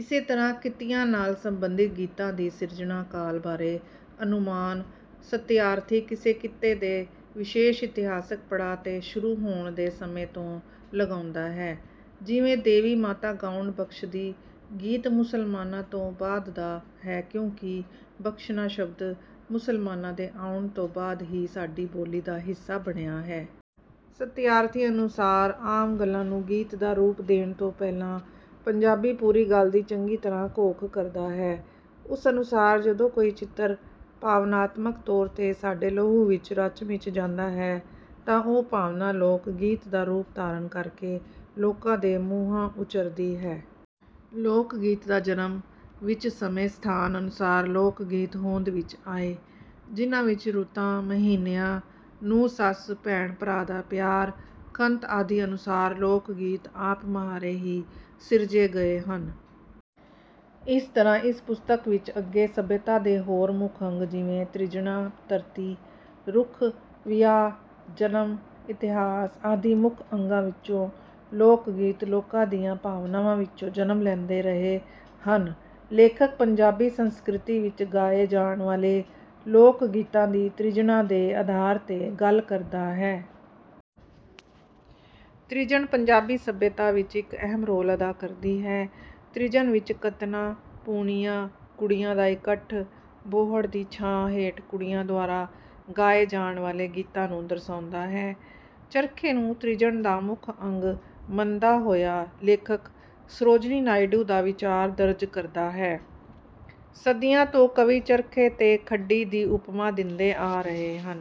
ਇਸੇ ਤਰ੍ਹਾਂ ਕਿੱਤਿਆਂ ਨਾਲ ਸੰਬੰਧਿਤ ਗੀਤਾਂ ਦੀ ਸਿਰਜਣਾ ਕਾਲ ਬਾਰੇ ਅਨੁਮਾਨ ਸਤਿਆਰਥੀ ਕਿਸੇ ਕਿੱਤੇ ਦੇ ਵਿਸ਼ੇਸ਼ ਇਤਿਹਾਸਿਕ ਪੜਾਅ ਤੇ ਸ਼ੁਰੂ ਹੋਣ ਦੇ ਸਮੇਂ ਤੋਂ ਲਗਾਉਂਦਾ ਹੈ। ਜਿਵੇਂ "ਦੇਵੀ ਮਾਤਾ ਗਾਉਣ ਬਖ਼ਸ਼ਦੀ" ਗੀਤ ਮੁਸਲਮਾਨਾਂ ਤੋਂ ਬਾਅਦ ਦਾ ਹੈ ਕਿਉਂਕਿ 'ਬਖ਼ਸ਼ਣਾ' ਸ਼ਬਦ ਮੁਸਲਮਾਨਾਂ ਦੇ ਆਉਣ ਤੋਂ ਬਾਅਦ ਹੀ ਸਾਡੀ ਬੋਲੀ ਦਾ ਹਿੱਸਾ ਬਣਿਆ ਹੈ। ਸਤਿਆਰਥੀ ਅਨੁਸਾਰ ਆਮ ਗੱਲਾਂ ਨੂੰ ਗੀਤ ਦਾ ਰੂਪ ਦੇਣ ਤੋਂ ਪਹਿਲਾਂ ਪੰਜਾਬੀ ਪੂਰੀ ਗੱਲ ਦੀ ਚੰਗੀ ਤਰ੍ਹਾਂ ਘੋਖ ਕਰਦਾ ਹੈ। ਉਸ ਅਨੁਸਾਰ ਜਦੋਂ ਕੋਈ ਚਿੱਤਰ ਭਾਵਨਾਤਮਕ ਤੌਰ ਤੇ ਸਾਡੇ ਲਹੂ ਵਿੱਚ ਰਚ ਮਿਚ ਜਾਂਦਾ ਹੈ, ਤਾਂ ਉਹ ਭਾਵਨਾ ਲੋਕ ਗੀਤ ਦਾ ਰੂਪ ਧਾਰਨ ਕਰਕੇ ਲੋਕਾਂ ਦੇ ਮੂੰਹਾਂ ਉਚਰਦੀ ਹੈ। "ਲੋਕ ਗੀਤ ਦਾ ਜਨਮ" ਵਿੱਚ ਸਮੇਂ ਸਥਾਨ ਅਨੁਸਾਰ ਲੋਕ ਗੀਤ ਹੋਂਦ ਵਿੱਚ ਆਏ, ਜਿਨ੍ਹਾਂ ਵਿੱਚ ਰੁੱਤਾਂ, ਮਹੀਨਿਆਂ, ਨੂੰਹ ਸੱਸ, ਭੈਣ ਭਰਾ ਦਾ ਪਿਆਰ, ਕੰਤ ਆਦਿ ਅਨੁਸਾਰ ਲੋਕ ਗੀਤ ਆਪ ਮਹਾਰੇ ਹੀ ਸਿਰਜੇ ਗਏ ਹਨ। ਇਸ ਤਰ੍ਹਾਂ ਇਸ ਪੁਸਤਕ ਵਿੱਚ ਅੱਗੇ ਸੱਭਿਅਤਾ ਦੇ ਹੋਰ ਮੁੱਖ ਅੰਗ ਜਿਵੇਂ ਤ੍ਰਿਜਣਾਂ, ਧਰਤੀ, ਰੁੱਖ, ਵਿਆਹ, ਜਨਮ, ਇਤਿਹਾਸ ਆਦਿ ਮੁੱਖ ਅੰਗਾਂ ਵਿੱਚੋਂ ਲੋਕ ਗੀਤ ਲੋਕਾਂ ਦੀਆਂ ਭਾਵਨਾਵਾਂ ਵਿੱਚੋਂ ਜਨਮ ਲੈਂਦੇ ਰਹੇ ਹਨ। ਲੇਖਕ ਪੰਜਾਬੀ ਸੰਸਕ੍ਰਿਤੀ ਵਿੱਚ ਗਾਏ ਜਾਣ ਵਾਲੇ ਲੋਕ ਗੀਤਾਂ ਦੀ ਤ੍ਰਿਜਣਾਂ ਦੇ ਆਧਾਰ ਤੇ ਗੱਲ ਕਰਦਾ ਹੈ। ਤ੍ਰਿਜਣ ਪੰਜਾਬੀ ਸੱਭਿਅਤਾ ਵਿੱਚ ਇੱਕ ਅਹਿਮ ਰੋਲ ਅਦਾ ਕਰਦੀ ਹੈ। ਤ੍ਰਿਜਣ ਵਿੱਚ ਕੱਤਣਾ, ਪੂਣੀਆਂ, ਕੁੜੀਆਂ ਦਾ ਇਕੱਠ, ਬੋਹੜ ਦੀ ਛਾਂ ਹੇਠ ਕੁੜੀਆਂ ਦੁਆਰਾ ਗਾਏ ਜਾਣ ਵਾਲੇ ਗੀਤਾਂ ਨੂੰ ਦਰਸਾਉਂਦਾ ਹੈ। ਚਰਖੇ ਨੂੰ ਤ੍ਰਿਜਣ ਦਾ ਮੁੱਖ ਅੰਗ ਮੰਨਦਾ ਹੋਇਆ ਲੇਖਕ ਸਰੋਜਨੀ ਨਾਇਡੂ ਦਾ ਵਿਚਾਰ ਦਰਜ ਕਰਦਾ ਹੈ: "ਸਦੀਆਂ ਤੋਂ ਕਵੀ ਚਰਖੇ ਤੇ ਖੱਡੀ ਦੀ ਉਪਮਾ ਦਿੰਦੇ ਆ ਰਹੇ ਹਨ।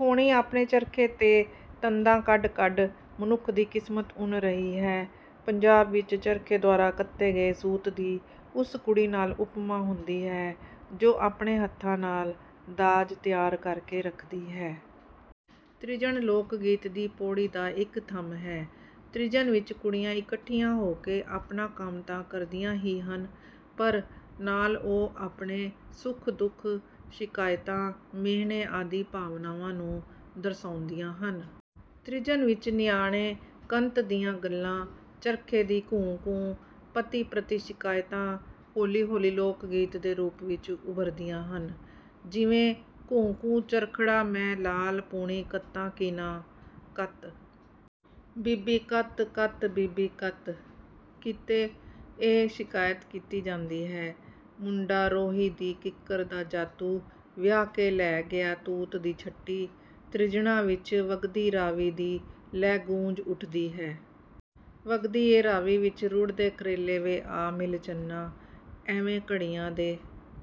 ਹੋਣੀ ਆਪਣੇ ਚਰਖੇ ਤੇ ਤੰਦਾਂ ਕੱਢ ਕੱਢ ਮਨੁੱਖ ਦੀ ਕਿਸਮਤ ਉਣ ਰਹੀ ਹੈ।" ਪੰਜਾਬ ਵਿੱਚ ਚਰਖੇ ਦੁਆਰਾ ਕੱਤੇ ਗਏ ਸੂਤ ਦੀ ਉਸ ਕੁੜੀ ਨਾਲ ਉਪਮਾ ਹੁੰਦੀ ਹੈ ਜੋ ਆਪਣੇ ਹੱਥਾਂ ਨਾਲ ਦਾਜ ਤਿਆਰ ਕਰਕੇ ਰੱਖਦੀ ਹੈ। ਤ੍ਰਿਜਣ ਲੋਕ ਗੀਤ ਦੀ ਪੌੜੀ ਦਾ ਇੱਕ ਥੰਮ੍ਹ ਹੈ। ਤ੍ਰਿਜਣ ਵਿੱਚ ਕੁੜੀਆਂ ਇਕੱਠੀਆਂ ਹੋ ਕੇ ਆਪਣਾ ਕੰਮ ਤਾਂ ਕਰਦੀਆਂ ਹੀ ਹਨ, ਪਰ ਨਾਲ ਉਹ ਆਪਣੇ ਸੁੱਖ ਦੁੱਖ, ਸ਼ਿਕਾਇਤਾਂ, ਮੇਹਣੇ ਆਦਿ ਭਾਵਨਾਵਾਂ ਨੂੰ ਦਰਸਾਉਂਦੀਆਂ ਹਨ। ਤ੍ਰਿਜਣ ਵਿੱਚ ਨਿਆਣੇ ਕੰਤ ਦੀਆਂ ਗੱਲਾਂ, ਚਰਖੇ ਦੀ ਘੂੰ ਘੂੰ, ਪਤੀ ਪ੍ਰਤੀ ਸ਼ਿਕਾਇਤਾਂ ਹੌਲੀ ਹੌਲੀ ਲੋਕ ਗੀਤ ਦੇ ਰੂਪ ਵਿੱਚ ਉਭਰਦੀਆਂ ਹਨ। ਜਿਵੇਂ "ਘੂੰ ਘੂੰ ਚਰਖੜਾ ਮੈਂ ਲਾਲ ਪੂਣੀ ਕੱਤਾਂ ਕਿ ਨਾਂ, ਕੱਤ ਬੀਬੀ ਕੱਤ ਕੱਤ ਬੀਬੀ ਕੱਤ" ਕਿਤੇ ਇਹ ਸ਼ਿਕਾਇਤ ਕੀਤੀ ਜਾਂਦੀ ਹੈ: "ਮੁੰਡਾ ਰੋਹੀ ਦੀ ਕਿੱਕਰ ਦਾ ਜਾਤੂ, ਵਿਆਹ ਕੇ ਲੈ ਗਿਆ ਤੂਤ ਦੀ ਛਟੀ" ਤ੍ਰਿਜਣਾਂ ਵਿੱਚ 'ਵਗਦੀ ਰਾਵੀ' ਦੀ ਲੈ ਗੂੰਜ ਉੱਠਦੀ ਹੈ: "ਵਗਦੀ ਏ ਰਾਵੀ ਵਿੱਚ ਰੁੜ੍ਹਦੇ ਕਰੇਲੇ ਵੇ ਆ ਮਿਲ ਚੰਨਾ" ਐਵੇਂ ਘੜੀਆਂ ਦੇ